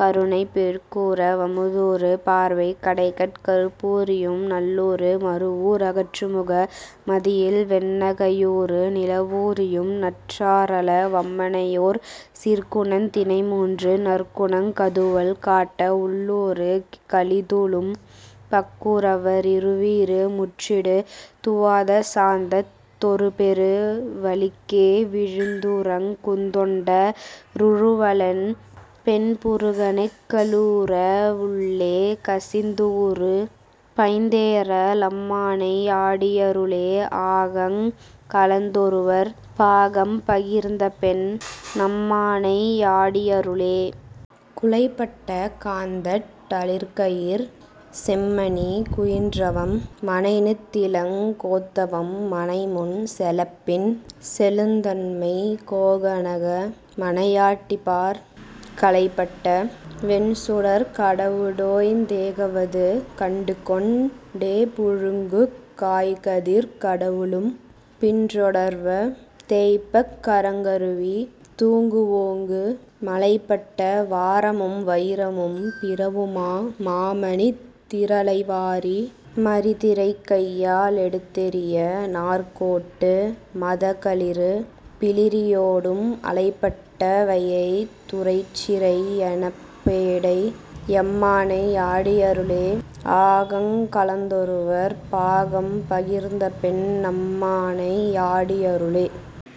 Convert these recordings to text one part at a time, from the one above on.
கருணைப் பெருக்கூற வமுதூறு பார்வைக் கடைக்கட் கறுப்பூறியும் நள்ளூறு மறுவூ றகற்றுமுக மதியில்வெண் ணகையூறு நிலவூறியும் நற்றாரள வம்மனையொர் சிற்குணத் தினைமூன்று நற்குணங் கதுவல் காட்ட உள்ளூறு களிதுளும் பக்குரவ ரிருவீரு முற்றிடு துவாத சாந்தத் தொருபெரு வெளிக்கே விழித்துறங் குந்தொண்ட ருழுவலன் பென்புருகநெக் கள்ளூற வுள்ளே கசிந்தூறு பைந்தேற லம்மானை யாடியருளே ஆகங் கலந்தொருவர் பாகம் பகிர்ந்தபெண் ணம்மானை யாடியருளே. குலைபட்ட காந்தட் டளிர்க்கையிற் செம்மணி குயின்றவம் மனைநித்திலங் கோத்தவம் மனைமுன் செலப்பின் செலுந்தன்மை கோகனக மனையாட்டிபாற் கலைபட்ட வெண்சுடர்க் கடவுடோ ய்ந் தேகவது கண்டுகொண் டேபுழுங்குங் காய்கதிர்க் கடவுளும் பின்றொடர்வ தேய்ப்பக் கறங்கருவி தூங்குவோங்கு மலைப்பட்ட வாரமும் வயிரமும் பிறவுமா மாமணித் திரளைவாரி மறிதிரைக் கையா லெடுத்தெறிய நாற்கோட்டு மதகளிறு பிளிறியோடும் அலைபட்ட வையைத் துறைச்சிறை யனப்பேடை யம்மானை யாடியருளே ஆகங் கலந்தொருவர் பாகம் பகிர்ந்தபெண் ணம்மானை யாடியருளே.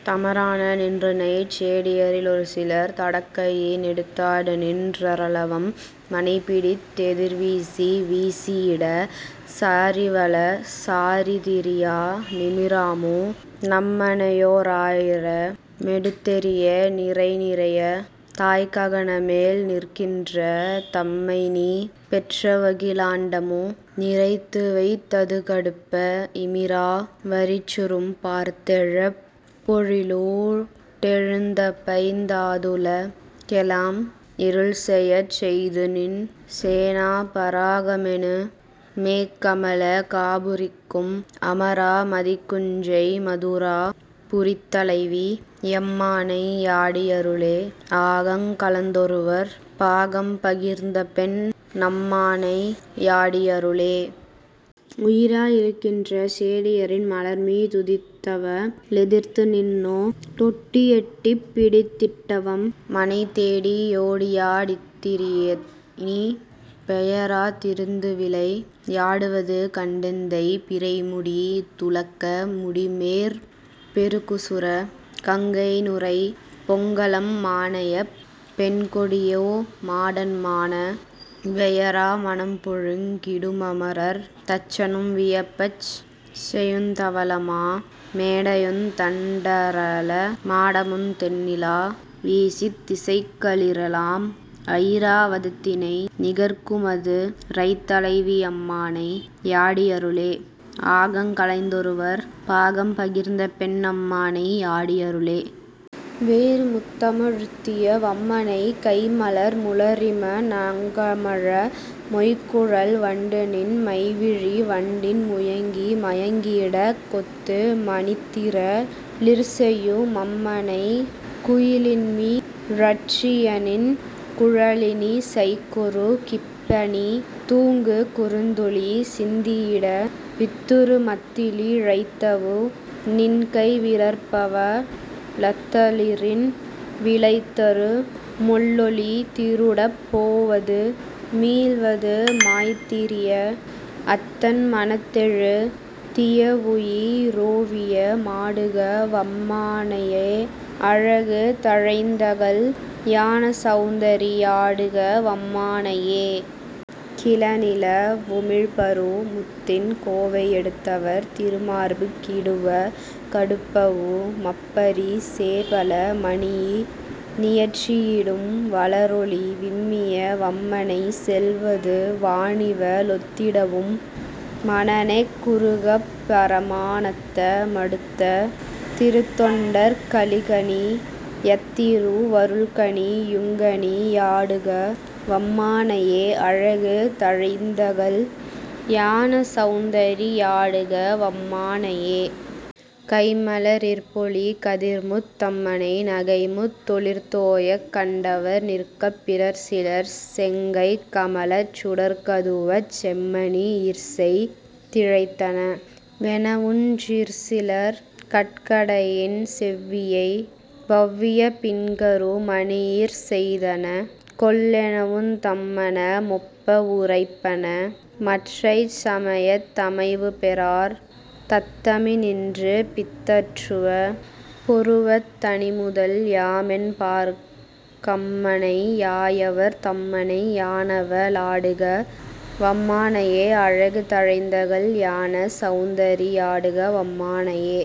தமரான நின்றுணைச் சேடியரி லொருசிலர் தடக்கையி நெடுத்தாடுநின் றரளவம் மனைபிடித் தெதிர்வீசி வீசியிட சாரிவல சாரிதிரியா நிமிராமு னம்மனையொ ராயிர மெடுத்தெறிய நிரைநிரைய தாய்ககனமேல் நிற்கின்ற தம்மைநீ பெற்றவகி லாண்டமு நிரைத்துவைத் ததுகடுப்ப இமிரா வரிச்சுரும் பார்த்தெழப் பொழிலூ டெழுந்தபைந் தாதுல கெலாம் இருள்செயச் செய்துநின் சேனா பராகமெனு மேக்கமள காபுரிக்கும் அமரா மதிக்குஞ்செய் மதுரா புரித்தலைவி யம்மானை யாடியருளே ஆகங் கலந்தொருவர் பாகம் பகிர்ந்தபெண் ணம்மானை யாடியருளே. உயிரா யிருக்கின்ற சேடியரின் மலர்மீ துதித்தவ ளெதிர்த்துநின்னோ டொட்டியெட் டிப்பிடித் திட்டவம் மனைதேடி யோடியா டித்திரியநீ பெயரா திருந்துவிளை யாடுவது கண்டெந்தை பிறைமுடி துளக்க முடிமேற் பெருகுசுர கங்கைநுரை பொங்கலம் மானையப் பெண்கொடியு மாடன்மான வெயரா மனம்புழுங் கிடுமமரர் தச்சனும் வியப்பச் செயுந்தவளமா மேடையுந் தண்டரள மாடமுந் தெண்ணிலா வீசத் திசைக்களிறெலாம் அயிரா வதத்தினை நிகர்க்குமது ரைத்தலைவி யம்மானை யாடியருளே ஆகங் கலந்தொருவர் பாகம் பகிர்ந்தபெண் ணம்மானை யாடியருளே. வேறு முத்தம ழுத்திய வம்மனை கைம்மலர் முளரிம ணங்கமழ மொய்குழல் வண்டுநின் மைவிழி வண்டின் முயங்கி மயங்கியிடக் கொத்து மணித்திர ளிற்செயு மம்மனை குயிலின்மி ழற்றியநின் குழலினி சைக்குரு கிப்பனி தூங்கு குறுந்துளி சிந்தியிட வித்துரு மத்திலி ழைத்தவு நின்கை விரற்பவ ளத்தளிரின் விளைதரு மொள்ளொளி திருடப் போவது மீள்வது மாய்த்திரிய அத்தன் மனத்தெழு தியவுயி ரோவிய மாடுக வம்மானையே அழகு தழைந்தகல் யாணசவுந்தரி யாடுக வம்மானையே. கிளநில வுமிழ்பரு முத்தின் கோவை யெடுத்தவர் திருமார்புக் கிடுவ கடுப்பவு மப்பரி சேபல மணியி னியற்றியிடும் வளரொளி விம்மிய வம்மனை செல்வது வானவி லொத்திடவும் மனனெக் குருகப் பரமா னந்த மடுத்த திருத்தொண்டர்க் களிகனி யத்திரு வருள்கனி யுங்கனி யாடுக வம்மானையே அழகு தழைந்தகல் யாண சவுந்தரி யாடுக வம்மானையே. கைம்மல ரிற்பொலி கதிர்முத் தம்மனை நகைமுத் தொளிதோயக் கண்டவர் நிற்கப் பிறர்சிலர் செங்கைக் கமலச் சுடர்கதுவச் செம்மணி யிற்செய் திழைத்தன வெனவுஞ் சிற்சிலர் கட்கடையின் செவ்வியை வவ்விய பின்கரு மணியிற் செய்தன கொல்லெனவுந் தம்மன மொப்ப வுரைப்பன மற்றைச் சமயத் தமைவுபெறார் தத்தமி னின்று பிதற்றுவ பொருவத் தனிமுதல் யாமென்பார்க் கம்மனை யாயவர் தம்மனை யானவ ளாடுக வம்மானையே அழகு தழைந்தகல் யாண சவுந்தரி யாடுக வம்மானையே.